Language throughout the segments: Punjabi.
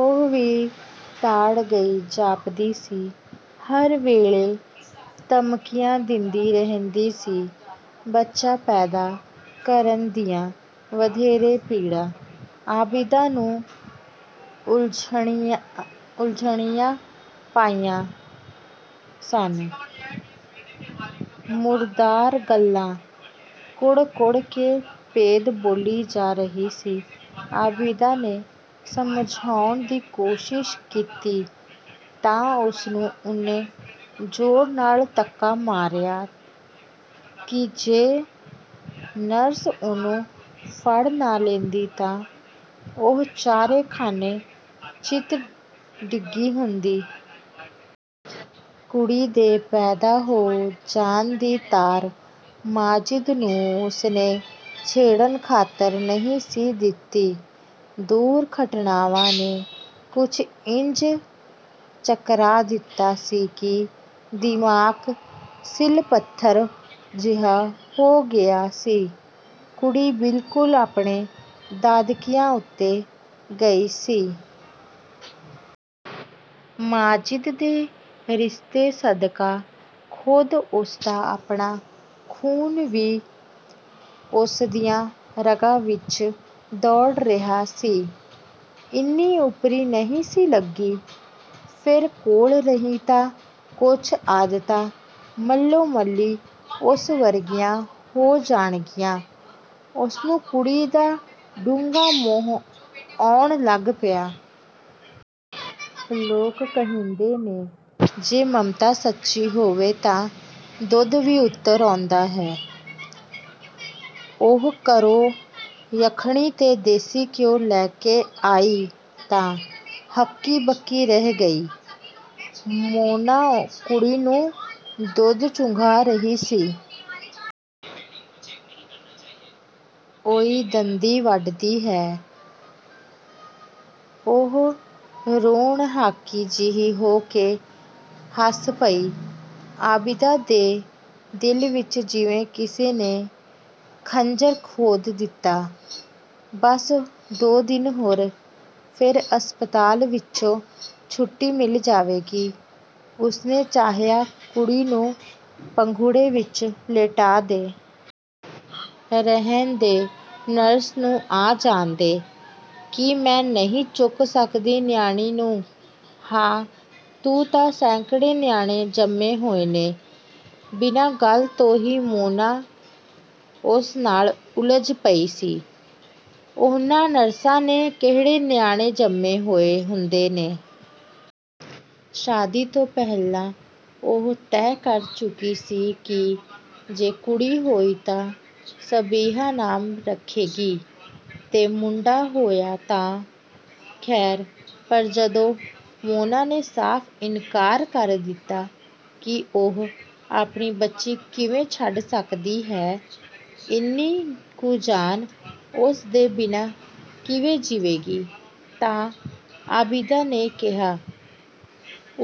ਉਹ ਵੀ ਤਾੜ ਗਈ ਜਾਪਦੀ ਸੀ, ਹਰ ਵੇਲੇ ਧਮਕੀਆਂ ਦੇਂਦੀ ਰਹਿੰਦੀ ਸੀ। ਬੱਚਾ ਪੈਦਾ ਕਰਨ ਦੀਆਂ ਵਧੇਰੇ ਪੀੜਾਂ ਆਬਿਦਾ ਨੂੰ ਝੱਲਣੀਆਂ ਪਈਆਂ ਸਨ। ਮੁਰਦਾਰ ਗਾਲ੍ਹਾਂ ਕੱਢ-ਕੱਢ ਕੇ ਭੇਦ ਖੋਲ੍ਹੀ ਜਾ ਰਹੀ ਸੀ। ਆਬਿਦਾ ਨੇ ਸਮਝਾਉਣ ਦੀ ਕੋਸ਼ਿਸ਼ ਕੀਤੀ ਤਾਂ ਉਸਨੂੰ ਇੰਨੇ ਜ਼ੋਰ ਨਾਲ ਧੱਕਾ ਮਾਰਿਆ ਕਿ ਜੇ ਨਰਸ ਉਸਨੂੰ ਫੜ ਨਾ ਲੈਂਦੀ ਤਾਂ ਉਹ ਚਾਰੇ ਖਾਨੇ ਚਿੱਤ ਡਿੱਗੀ ਹੁੰਦੀ। ਕੁੜੀ ਦੇ ਪੈਦਾ ਹੋ ਜਾਣ ਦੀ ਤਾਰ ਮਾਜਿਦ ਨੂੰ ਉਸਨੇ ਛੇੜਣ ਖਾਤਰ ਨਹੀਂ ਸੀ ਦਿੱਤੀ। ਦੁਰ-ਘਟਨਾਵਾਂ ਨੇ ਕੁਝ ਇੰਜ ਚਕਰਾ ਦਿੱਤਾ ਸੀ ਕਿ ਦਿਮਾਗ਼ ਸਿਲ-ਪੱਥਰ ਜਿਹਾ ਹੋ ਗਿਆ ਸੀ। ਕੁੜੀ ਬਿਲਕੁਲ ਆਪਣੇ ਦਾਦਕਿਆਂ ਉੱਤੇ ਗਈ ਸੀ। ਮਾਜਿਦ ਦੇ ਰਿਸ਼ਤੇ ਸਦਕਾ ਖ਼ੁਦ ਉਸਦਾ ਆਪਣਾ ਖੂਨ ਵੀ ਉਸਦੀਆਂ ਰਗਾਂ ਵਿੱਚ ਦੌੜ ਰਿਹਾ ਸੀ, ਇੰਨੀ ਓਪਰੀ ਨਹੀਂ ਸੀ ਲੱਗੀ। ਫਿਰ ਕੋਲ ਰਹੀ ਤਾਂ ਕੁਝ ਆਦਤਾਂ ਮੱਲੋ-ਮੱਲੀ ਉਸ ਵਰਗੀਆਂ ਹੋ ਜਾਣਗੀਆਂ। ਉਸਨੂੰ ਕੁੜੀ ਦਾ ਡੂੰਘਾ ਮੋਹ ਆਉਣ ਲੱਗ ਪਿਆ। ਲੋਕ ਕਹਿੰਦੇ ਨੇ, 'ਜੇ ਮਮਤਾ ਸੱਚੀ ਹੋਵੇ ਤਾਂ ਦੁੱਧ ਵੀ ਉਤਰ ਆਉਂਦਾ ਹੈ!' ਉਹ ਘਰੋਂ ਯਖਨੀ ਤੇ ਦੇਸੀ ਘਿਓ ਲੈ ਕੇ ਆਈ ਤਾਂ ਹੱਕੀ-ਬੱਕੀ ਰਹਿ ਗਈ! ਮੋਨਾ ਕੁੜੀ ਨੂੰ ਦੁੱਧ ਚੁੰਘਾ ਰਹੀ ਸੀ! "ਉਈ, ਦੰਦੀ ਵੱਢਦੀ ਹੈ!" ਉਹ ਰੋਣਹਾਕੀ ਜਿਹੀ ਹੋ ਕੇ ਹੱਸ ਪਈ। ਆਬਿਦਾ ਦੇ ਦਿਲ ਵਿੱਚ ਜਿਵੇਂ ਕਿਸੇ ਨੇ ਖੰਜਰ ਖੋਭ ਦਿੱਤਾ। ਬੱਸ ਦੋ ਦਿਨ ਹੋਰ, ਫਿਰ ਹਸਪਤਾਲ ਵਿੱਚੋਂ ਛੁੱਟੀ ਮਿਲ ਜਾਏਗੀ। ਉਸਨੇ ਚਾਹਿਆ ਕੁੜੀ ਨੂੰ ਪੰਘੂੜੇ ਵਿੱਚ ਲਿਟਾ ਦੇ। "ਰਹਿਣ ਦੇ, ਨਰਸ ਨੂੰ ਆ ਜਾਣ ਦੇ--" "ਕੀ ਮੈਂ ਨਹੀਂ ਚੁੱਕ ਸਕਦੀ ਨਿਆਣੀ ਨੂੰ?" "ਹਾਂ, ਤੂੰ ਤਾਂ ਸੈਂਕੜੇ ਨਿਆਣੇ ਜੰਮੇ ਹੋਏ ਨੇ--" ਬਿਨਾਂ ਗੱਲ ਤੋਂ ਹੀ ਮੋਨਾ ਉਸ ਨਾਲ ਉਲਝ ਪਈ ਸੀ।"ਇਹਨਾਂ ਨਰਸਾਂ ਨੇ ਕਿਹੜੇ ਨਿਆਣੇ ਜੰਮੇ ਹੁੰਦੇ ਨੇ? ਸ਼ਾਦੀ ਤੋਂ ਪਹਿਲਾਂ ਉਹ ਤੈਅ ਕਰ ਚੁੱਕੀ ਸੀ ਕਿ ਜੇ ਕੁੜੀ ਹੋਈ ਤਾਂ ਸਬਿਹਾ ਨਾਂ ਰੱਖੇਗੀ ਤੇ ਮੁੰਡਾ ਹੋਇਆ ਤਾਂ; ਖ਼ੈਰ। ਪਰ ਜਦੋਂ ਮੋਨਾ ਨੇ ਸਾਫ ਇਨਕਾਰ ਕਰ ਦਿੱਤਾ ਕਿ ਉਹ ਆਪਣੀ ਬੱਚੀ ਕਿਵੇਂ ਛੱਡ ਸਕਦੀ ਹੈ, ਇੰਨੀ ਕੁ ਜਾਨ ਉਸ ਦੇ ਬਿਨਾਂ ਕਿਵੇਂ ਜੀਵੇਗੀ ਤਾਂ ਆਬਿਦਾ ਨੇ ਕਿਹਾ,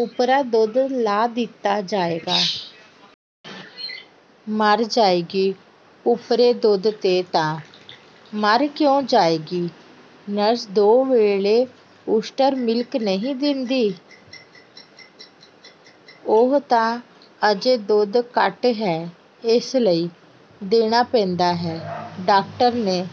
"ਓਪਰਾ ਦੁੱਧ ਲਾ ਦਿੱਤਾ ਜਾਏਗਾ।" "ਮਰ ਜਾਏਗੀ, ਓਪਰੇ ਦੁੱਧ 'ਤੇ ਤਾਂ।" "ਮਰ ਕਿਉਂ ਜਾਏਗੀ, ਨਰਸ ਦੋ ਵੇਲੇ ਓਸਟਰ ਮਿਲਕ ਨਹੀਂ ਦੇਂਦੀ?" "ਉਹ ਤਾਂ ਅਜੇ ਦੁੱਧ ਘੱਟ ਹੈ, ਇਸ ਲਈ ਦੇਣਾ ਪੈਂਦਾ ਹੈ। ਡਾਕਟਰ ਨੇ